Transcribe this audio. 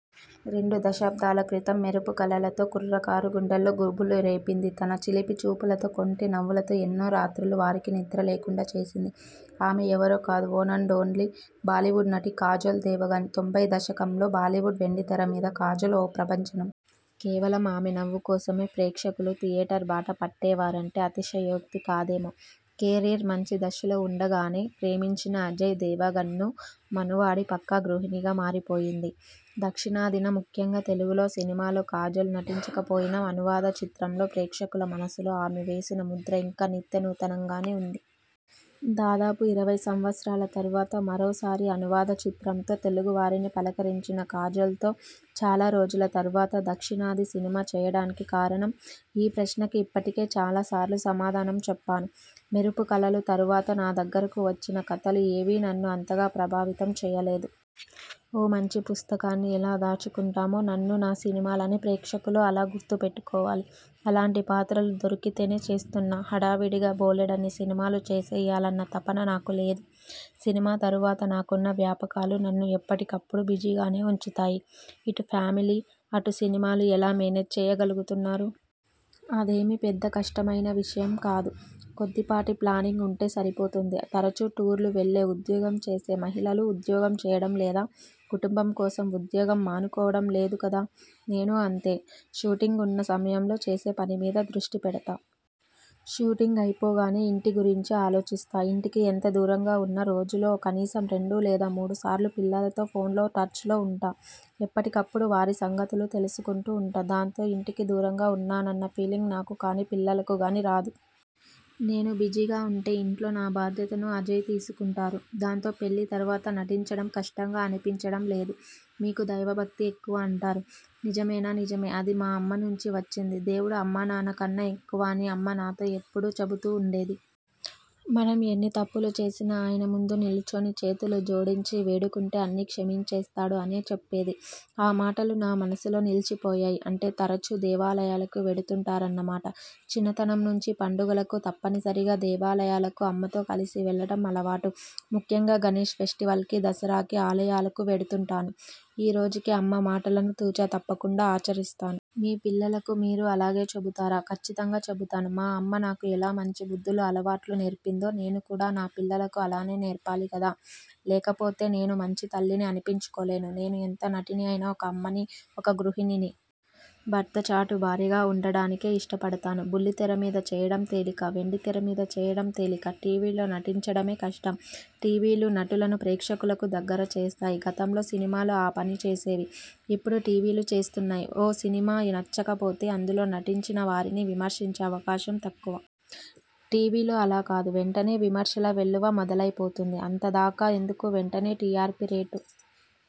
రెండు దశాబ్దాల క్రితం 'మెరుపు కలలతో' కుర్రకారు గుండెల్లో గుబులు రేపింది. తన చిలిపి చూపులతో, కొంటె నవ్వుతో ఎన్నో రాత్రులు వారికి నిద్ర లేకుండా చేసింది. ఆమె ఎవరో కాదు ఒన్ అండ్ ఓన్లీ బాలీవుడ్ నటి కాజోల్ దేవగన్. తొంభై దశకంలో బాలీవుడ్ వెండితెర మీద కాజోల్ ఓ ప్రభంజనం. కేవలం ఆమె నవ్వు కోసమే ప్రేక్షకులు థియేటర్ బాట పట్టేవారంటే అతిశయోక్తి కాదేమో! కెరీర్ మంచి దశలో ఉండగానే ప్రేమించిన అజయ్ దేవగన్ను మనువాడి పక్కా గృహిణిగా మారిపోయింది. దక్షిణాదిన ముఖ్యంగా తెలుగులో సినిమాలో కాజోల్ నటించకపోయినా అనువాద చిత్రంతో ప్రేక్షకుల మనసులో ఆమె వేసిన ముద్ర ఇంకా నిత్యనూతనంగానే ఉంది. దాదాపు ఇరవై సంవత్సరాల తరువాత మరోసారి అనువాద చిత్రంతో తెలుగువారిని పలకరించిన కాజోల్తో చాలారోజుల తరువాత దక్షిణాది సినిమా చేయడానికి కారణం? ఈ ప్రశ్నకి ఇప్పటికే చాలాసార్లు సమాధానం చెప్పాను. 'మెరుపు కలలు' తరువాత నా దగ్గరకు వచ్చిన కథలు ఏవీ నన్ను అంతగా ప్రభావితం చేయలేదు. ఓ మంచి పుస్తకాన్ని ఎలా దాచుకుంటామో, నన్నూ, నా సినిమాలనీ ప్రేక్షకులు అలా గుర్తు పెట్టుకోవాలి. అలాంటి పాత్రలు దొరికితేనే చేస్తున్నా. హడావిడిగా బోలెడన్ని సినిమాలు చేసేయాలన్న తపన నాకు లేదు. సినిమా తరువాత నాకున్న వ్యాపకాలు నన్ను ఎప్పటికప్పుడు బిజీగానే ఉంచుతాయి. ఇటు ఫ్యామిలీ, అటు సినిమాలు ఎలా మేనేజ్ చేయగలుగుతున్నారు? అదేమీ పెద్ద కష్టమైన విషయం కాదు. కొద్దిపాటి ప్లానింగ్ ఉంటే సరిపోతుంది. తరచూ టూర్లు వెళ్ళే ఉద్యోగం చేసే మహిళలు ఉద్యోగం చేయడం లేదా? కుటుంబం కోసం ఉద్యోగం మానుకోవడం లేదు కదా! నేనూ అంతే! షూటింగ్ ఉన్న సమయంలో చేసే పనిమీద దృష్టి పెడతా. షూటింగ్ అయిపోగానే ఇంటి గురించి ఆలోచిస్తా. ఇంటికి ఎంత దూరంగా ఉన్నా రోజులో కనీసం రెండు లేదా మూడు సార్లు పిల్లలతో ఫోన్లో టచ్లో ఉంటా! ఎప్పటికప్పుడు వారి సంగతులు తెలుసుకుంటూ ఉంటా! దాంతో ఇంటికి దూరంగా ఉన్నానన్న ఫీలింగ్ నాకు కానీ, పిల్లలకు కానీ రాదు. నేను బిజీగా ఉంటే ఇంట్లో నా బాధ్యతను అజయ్ తీసుకుంటారు. దాంతో పెళ్ళి తరువాత నటించడం కష్టంగా అనిపించడం లేదు. మీకు దైవభక్తి ఎక్కువ అంటారు నిజమేనా? నిజమే. అది మా అమ్మ నుంచి వచ్చింది. దేవుడు అమ్మానాన్న కన్నా ఎక్కువ అని అమ్మ నాతో ఎప్పుడూ చెబుతూ ఉండేది. మనం ఎన్ని తప్పులు చేసినా ఆయన ముందు నిలుచుని చేతులు జోడించి వేడుకుంటే అన్నీ క్షమించేస్తాడు అని చెప్పేది. ఆ మాటలు నా మనసులో నిలిచిపోయాయి. అంటే తరచూ దేవాలయాలకు వెడుతుంటారన్నమాట? చిన్నతనం నుంచి పండుగలకి తప్పనిసరిగా దేవాలయాలకు అమ్మతో కలిసి వెళ్ళడం అలవాటు. ముఖ్యంగా గణేష్ ఫెస్టివల్కీ, దసరాకి ఆలయాలకు వెడుతుంటాను ఈ రోజుకీ అమ్మ మాటలను తూచా తప్పకుండా ఆచరిస్తాను. మీ పిల్లలకు మీరూ అలాగే చెబుతారా? కచ్చితంగా చెబుతాను. మా అమ్మ నాకు ఎలా మంచి బుద్ధులు, అలవాట్లూ నేర్పిందో, నేను కూడా నా పిల్లలకు అలానే నేర్పాలి కదా! లేకపోతే నేను మంచి తల్లిని అనిపించుకోలేను. నేను ఎంత నటిని అయినా ఒక అమ్మనీ, ఒక గృహిణినీ. భర్తచాటు భార్యగా ఉండడానికే ఇష్టపడతాను. బుల్లి తెర మీద చేయడం తేలికా? వెండితెర మీద చేయడం తేలికా? టీవీలో నటించడమే కష్టం. టీవీలు నటులను ప్రేక్షకులకు దగ్గర చేస్తాయి. గతంలో సినిమాలు ఆ పని చేసేవి. ఇప్పుడు టీవీలు చేస్తున్నాయి. ఓ సినిమా నచ్చకపోతే అందులో నటించిన వారిని విమర్శించే అవకాశం తక్కువ. టీవీలు అలా కాదు. వెంటనే విమర్శల వెల్లువ మొదలైపోతుంది. అంతదాకా ఎందుకు? వెంటనే టిఆర్పీ రేటు